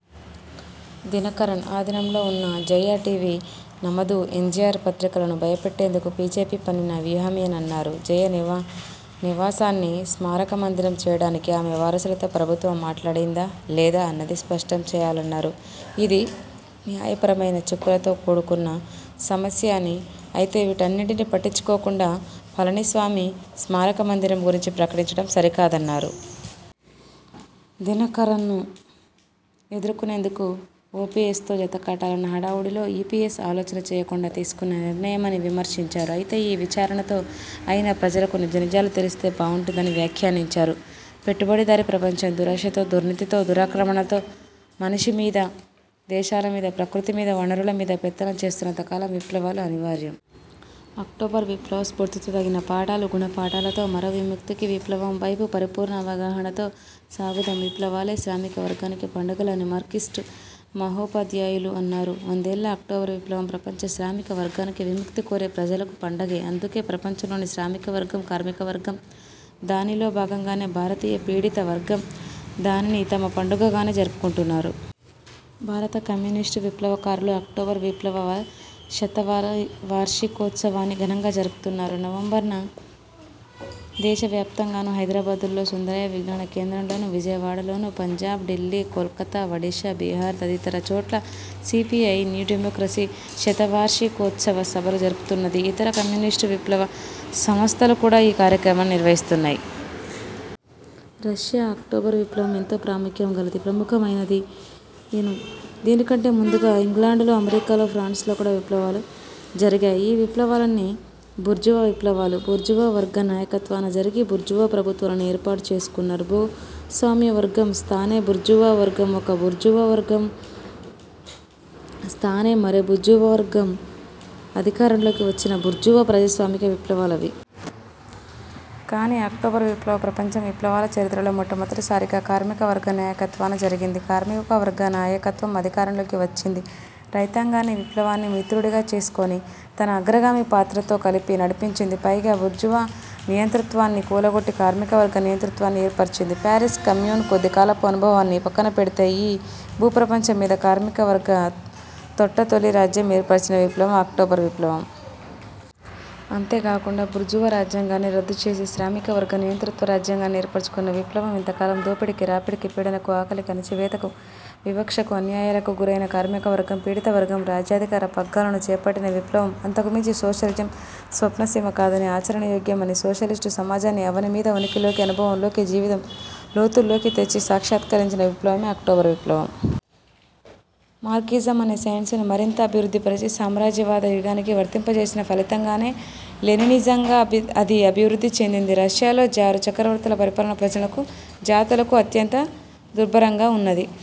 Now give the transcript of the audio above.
దినకరన్ ఆధీనంలో వున్న జయా టీవీ, నమదు ఎంజీఆర్ పత్రికలను భయపెట్టేందుకు బీజేపీ పన్నిన వ్యూహమేనన్నారు. జయ నివాసాన్ని స్మారకమందిరం చేయడానికి ఆమె వారసులతో ప్రభుత్వం మాట్లాడిందా లేదా అన్నది స్పష్టం చేయాలన్నారు. ఇది న్యాయపరమైన చిక్కులతో కూడుకున్న సమస్య అని, అయితే వీటన్నింటినీ పట్టించుకోకుండా పళనిస్వామి స్మారకమందిరం గురించి ప్రకటించడం సరికాదన్నారు. దినకరన్ను ఎదుర్కొనేందుకు ఓపీఎస్తో జత కట్టాలన్న హడావుడిలో ఈపీఎస్ ఆలోచన చేయకుండా తీసుకున్న నిర్ణయమని విమర్శించారు. అయితే ఈ విచారణతో అయినా ప్రజలకు నిజానిజాలు తెలిస్తే బావుంటుందని వ్యాఖ్యానించారు. పెట్టుబడిదారీ ప్రపంచం దురాశతో, దుర్నీతితో, దురాక్రమణలతో మనిషి మీద, దేశాల మీద, ప్రకృతి మీద, వనరుల మీద పెత్తనం చేస్తున్నంత కాలం విప్లవాలు అనివార్యం. అక్టోబరు విప్లవ స్ఫూర్తితో, తగిన పాఠాలు, గుణపాఠాలతో మరో విముక్తి విప్లవం వైపు పరిపూర్ణ అవగాహనతో సాగుదాం. విప్లవాలే శ్రామిక వర్గానికి పండుగలు అని మార్క్సిస్టు మహోపాధ్యాయులు అన్నారు. వందేళ్ళ అక్టోబర్ విప్లవం ప్రపంచ శ్రామిక వర్గానికి, విముక్తి కోరే ప్రజలకు పండుగే. అందుకే ప్రపంచంలోని శ్రామికవర్గం, కార్మికవర్గం, దానిలో భాగంగానే భారతీయ పీడిత వర్గం దానిని తమ పండుగగానే జరుపుకుంటున్నారు. భారత కమ్యూనిస్టు విప్లవకారులు అక్టోబరు విప్లవ శతవార్షికోత్సవాన్ని ఘనంగా జరుపుతున్నారు. నవంబర్ న దేశవ్యాప్తంగానూ, హైదరాబాద్లో సుందరయ్య విజ్ఞాన కేంద్రంలోనూ, విజయవాడలోనూ, పంజాబ్, ఢిల్లీ, కోల్కత్తా, ఒడిశా, బీహార్ తదితర చోట్ల సీపీఐ న్యూడెమోక్రసీ శతవార్షికోత్సవ సభలు జరుపుతున్నది. యితర కమ్యూనిస్టు విప్లవ సంస్థలు కూడా యీ కార్యక్రమాన్ని నిర్వహిస్తున్నాయి. రష్యా అక్టోబర్ విప్లవం ఎంతో ప్రాముఖ్యం గలదీ ప్రముఖమైనదీనూ. దీనికంటే ముందుగా ఇంగ్లాండులో, అమెరికాలో, ఫ్రాన్సులో కూడా విప్లవాలు జరిగాయి. ఈ విప్లవాలన్నీ బూర్జువా విప్లవాలు. బూర్జువా వర్గ నాయకత్వాన జరిగి, బూర్జువా ప్రభుత్వాలనే ఏర్పాటు చేసుకున్నారు. భూస్వామ్యవర్గం స్థానే బూర్జువావర్గం, ఒక బూర్జువావర్గం స్థానే మరో బూర్జువావర్గం అధికారంలోకి వచ్చిన బూర్జువా ప్రజాస్వామిక విప్లవాలు అవి. కానీ, అక్టోబర్ విప్లవం ప్రపంచ విప్లవాల చరిత్రలో మొట్టమొదటిసారిగా కార్మిక వర్గ నాయకత్వాన జరిగింది. కార్మికవర్గ నాయకత్వం అధికారంలోకి వచ్చింది. రైతాంగాన్ని విప్లవాన్ని మిత్రుడిగా చేసుకొని తన అగ్రగామి పాత్రతో కలిపి నడిపించింది. పైగా బూర్జువా నియంతృత్వాన్ని కూలగొట్టి, కార్మికవర్గ నియంతృత్వాన్ని ఏర్పరిచింది. పారిస్ కమ్యూన్ కొద్దికాలపు అనుభవాన్ని పక్కనపెడితే, యీ భూ ప్రపంచం మీద కార్మికవర్గ తొట్ట తొలి రాజ్యం ఏర్పరిచిన విప్లవం అక్టోబర్ విప్లవం. అంతేగాకుండా బూర్జువా రాజ్యాంగాన్ని రద్దు చేసి, శ్రామికవర్గ నియంతృత్వ రాజ్యాంగాన్ని ఏర్పరుచుకొన్న విప్లవం. ఇంతకాలం దోపిడికి, రాపిడికి, పీడనకు, ఆకలికి, అణచివేతకు, వివక్షకు, అన్యాయాలకు గురైన కార్మికవర్గం, పీడితవర్గం రాజ్యాధికార పగ్గాలను చేపట్టిన విప్లవం. అంతకుమించి సోషలిజం స్వప్న సీమ కాదని, ఆచరణయోగ్యం అని సోషలిస్టు సమాజాన్ని అవని మీద ఉనికిలోకీ, అనుభవంలోకీ, జీవితం లోతుల్లోకీ తెచ్చి, సాక్షాత్కరించిన విప్లవమే అక్టోబర్ విప్లవం. మార్క్సిజం అనే సైన్సును మరింత అభివృద్ధిపరిచి, సామ్రాజ్యవాద యుగానికి వర్తింపచేసిన ఫలితంగానే లెనినిజంగా అది అభివృద్ధి చెందింది. రష్యాలో జారు చక్రవర్తుల పరిపాలన ప్రజలకు, జాతులకు అత్యంత దుర్భరంగా వున్నది.